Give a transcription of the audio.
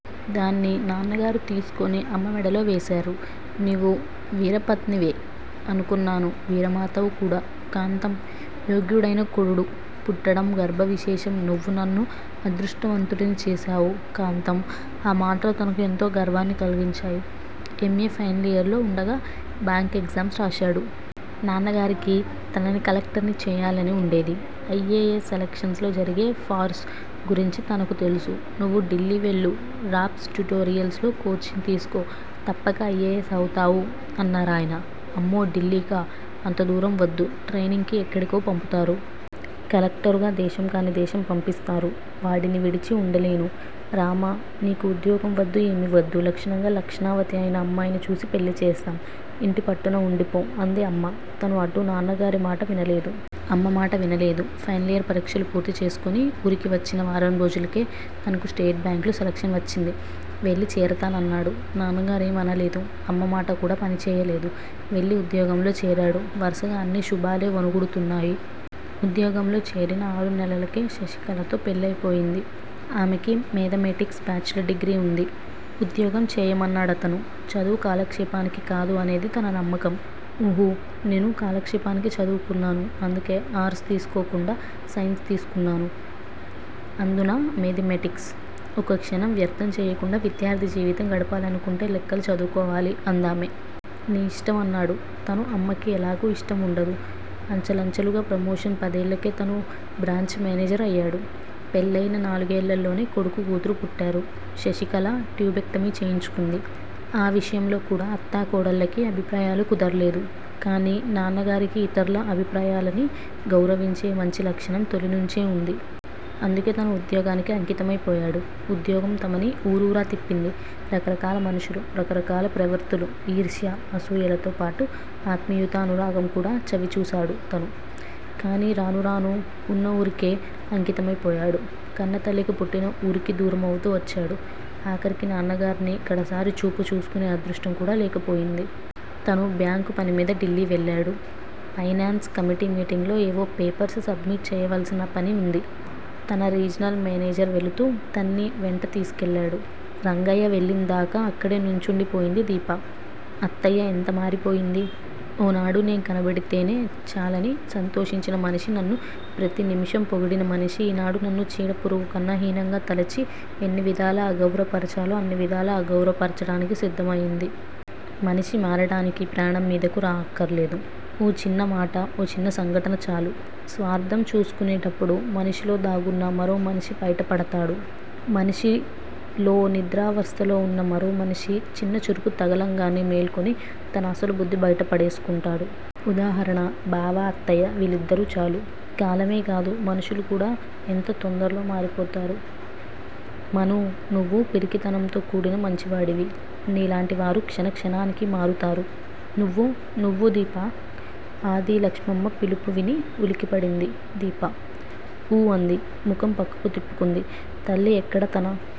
దాన్ని నాన్నగారు తీసుకుని అమ్మ మెడలో వేశారు! నీవు వీరపత్నివే అనుకొన్నాను వీరమాతావు కూడా! కాంతం! యోగ్యుడైన కొడుడు పుట్టటం గర్భ విశేషం నువు నన్ను అదృష్టవంతుడిని చేశావు కాంతం ఆ మాటలు తనకు ఎంతో గర్వాన్ని కలిగించాయి. ఎంఏ ఫైనలియర్ లో వుండగా బ్యాంక్ ఎగ్జామ్స్ రాశాడు! నాన్నగారికి తనని కలెక్టర్ని చేయాలని వుండేది. ఐ. ఏ. యస్. సెలక్షన్స్ లో జరిగే ఫార్సు గురించి తనకి తెలుసు నువు డిల్లి వెళ్ళు రాప్స్ ట్యుటోరియల్స్ లో కోచింగ్ తీసుకో తప్పక ఐ. ఏ. యస్. అవుతావు అన్నారాయన. అమ్మో! డిల్లికా! అంతదూరం వద్దు, ట్రైనింగ్ కి ఎక్కడికో పంపుతారు. కలెక్టర్ గా దేశం కానీ దేశం పంపిస్తారు. వాడిని విడిచి వుండలేను. రామా! నీకు ఉద్యోగం వద్దు ఏమి వద్దు లక్షణంగా లక్షణవతి అయిన అమ్మాయిని చూసి పెళ్ళి చేస్తాం. ఇంటి పట్టున వుండిపో అంది అమ్మ. తను అటూ నాన్న గారి మాట వినలేదు. అమ్మ మాట వినలేదు. ఫైనలియర్ పరిక్షలు పూర్తి చేసుకుని ఊరికి వచ్చిన వారం రోజులకే తనకు స్టేట్ బ్యాంక్ లో సెలక్షన్ వచ్చింది. వెళ్ళి చేరతానన్నాడు. నాన్నగారేం అనలేదు. అమ్మ మాట కూడా పని చేయలేదు. వెళ్ళి ఉద్యోగంలో చేరాడు వరుసగా అన్ని శుభాలే ఒనగుడుతున్నాయి. ఉద్యోగంలో చేరిన ఆరు నేలలకే శశికళ తో పెళ్ళయిపోయింది. ఆమెకి మేధామేటిక్స్ బాచిలర్ డిగ్రి ఉంది. ఉద్యోగం చేయమన్నాడతను, చదువు కాలక్షేపానికి కాదు అనేది తన నమ్మకం. ఉహూ! నేను కాలక్షేపానికి చదువుకున్నాను అందుకే అర్స్ తీసుకోకుండా సైన్స్ తీసుకున్నాను. అందునా మేధామేటిక్స్. ఒక్క క్షణం వ్యర్ధం చెయ్యకుండా విద్యార్ధి జీవితం గడపాలనుకుంటే లెక్కలు చదువుకోవాలి అందామె. నీ ఇష్టం! అన్నాడు తను అమ్మకి ఎలాగూ ఇష్టం వుండదు. అంచెలంచెలుగా ప్రమోషన్ పదేళ్ళకే తను బ్రాంచి మేనేజర్ అయ్యాడు. పెళ్ళయిన నాలుగేళ్ళలోనే కొడుకు కూతురు పుట్టారు. శశికళ ట్యుబేక్టమి చేయించుకుంది. ఆ విషయంలో కూడా అత్తా కోడళ్ళకి అభిప్రాయాలు కుదరలేదు. కానీ నాన్నగారికి ఇతర్ల అభిప్రాయాలని గౌరవించే మంచి లక్షణం తొలి నుంచే వుంది. అందుకే తను ఉద్యోగానికి అంకితమై పోయాడు. ఉద్యోగం తమని ఊరూరా తిప్పింది. రకరకాల మనుషులు. రకరకాల ప్రవృత్తులు ఈర్ష్య, అసుయలతో పాటు ఆత్మీయత, అనురాగం కూడా చవి చూశాడు తను. కానీ రాను రానూ వున్నురికే అంకితమైపోయాడు. కన్నతల్లికి పుట్టిన ఊరికి దూరమవుతూ వచ్చాడు. ఆఖరికి నాన్నగారిని కడసారి చూపు చూసుకునే అదృష్టం కూడా లేకపోయింది. తను బ్యాంక్ పని మీద డిల్లి వెళ్ళాడు. పైనాన్స్ కమిటి మీటింగ్ లో ఏవో పేపర్స్ సబ్మిట్ చేయవలసిన పని వుంది. తన రీజనల్ మేనేజర్ వెళుతూ తన్ని వెంట తీసుకెళ్ళాడు. రంగయ్య వెళ్ళిందాకా అక్కడే నుంచుండి పోయింది దీప. అత్తయ్య ఎంత మారిపోయింది. ఓనాడు నే కనపడితేనే చాలని సంతోషించిన మనిషి నన్ను ప్రతి నిమిషం పొగిడిన మనిషి ఈనాడు నన్ను చీడ పురుగుకన్నా హీనంగా తలచి ఎన్ని విధాల అగౌరపర్చాలో అన్ని విధాలా అగౌర పర్చటానికి సిద్ధం అయింది. మనిషి మారటానికి ప్రాణం మీదకు రా అక్కరలేదు. ఓ చిన్నమాట, ఓ చిన్న సంఘటన చాలు. స్వార్ధం చూసుకునేటప్పుడు మనిషిలో దాగున్న మరో మనిషి బైట పడతాడు. మనిషే లో నిద్రావస్తలో వున్న మరో మనిషి చిన్న చురుకు తగలంగానే మేల్కొని తన అసలు బుద్ధి బైట పడేసుకుంటాడు. ఉదాహరణ బావ, అత్తయ్య వీళ్ళిద్దరూ చాలు. కాలమే గాదు మనుషులు కూడా ఎంత తొందరలో మారిపోతారు. మనూ! నువ్వు పిరికితనంతో కూడిన మంచివాడివి. నీలాంటి వారు క్షణక్షణానికి మారుతారు. నువ్వు నువ్వు దీపా! ఆది లక్ష్మమ్మ పిలుపువిని ఉలిక్కిపడింది దీప. ఊ అంది ముఖం పక్కకు తిప్పుకుంది. తల్లి ఎక్కడ తన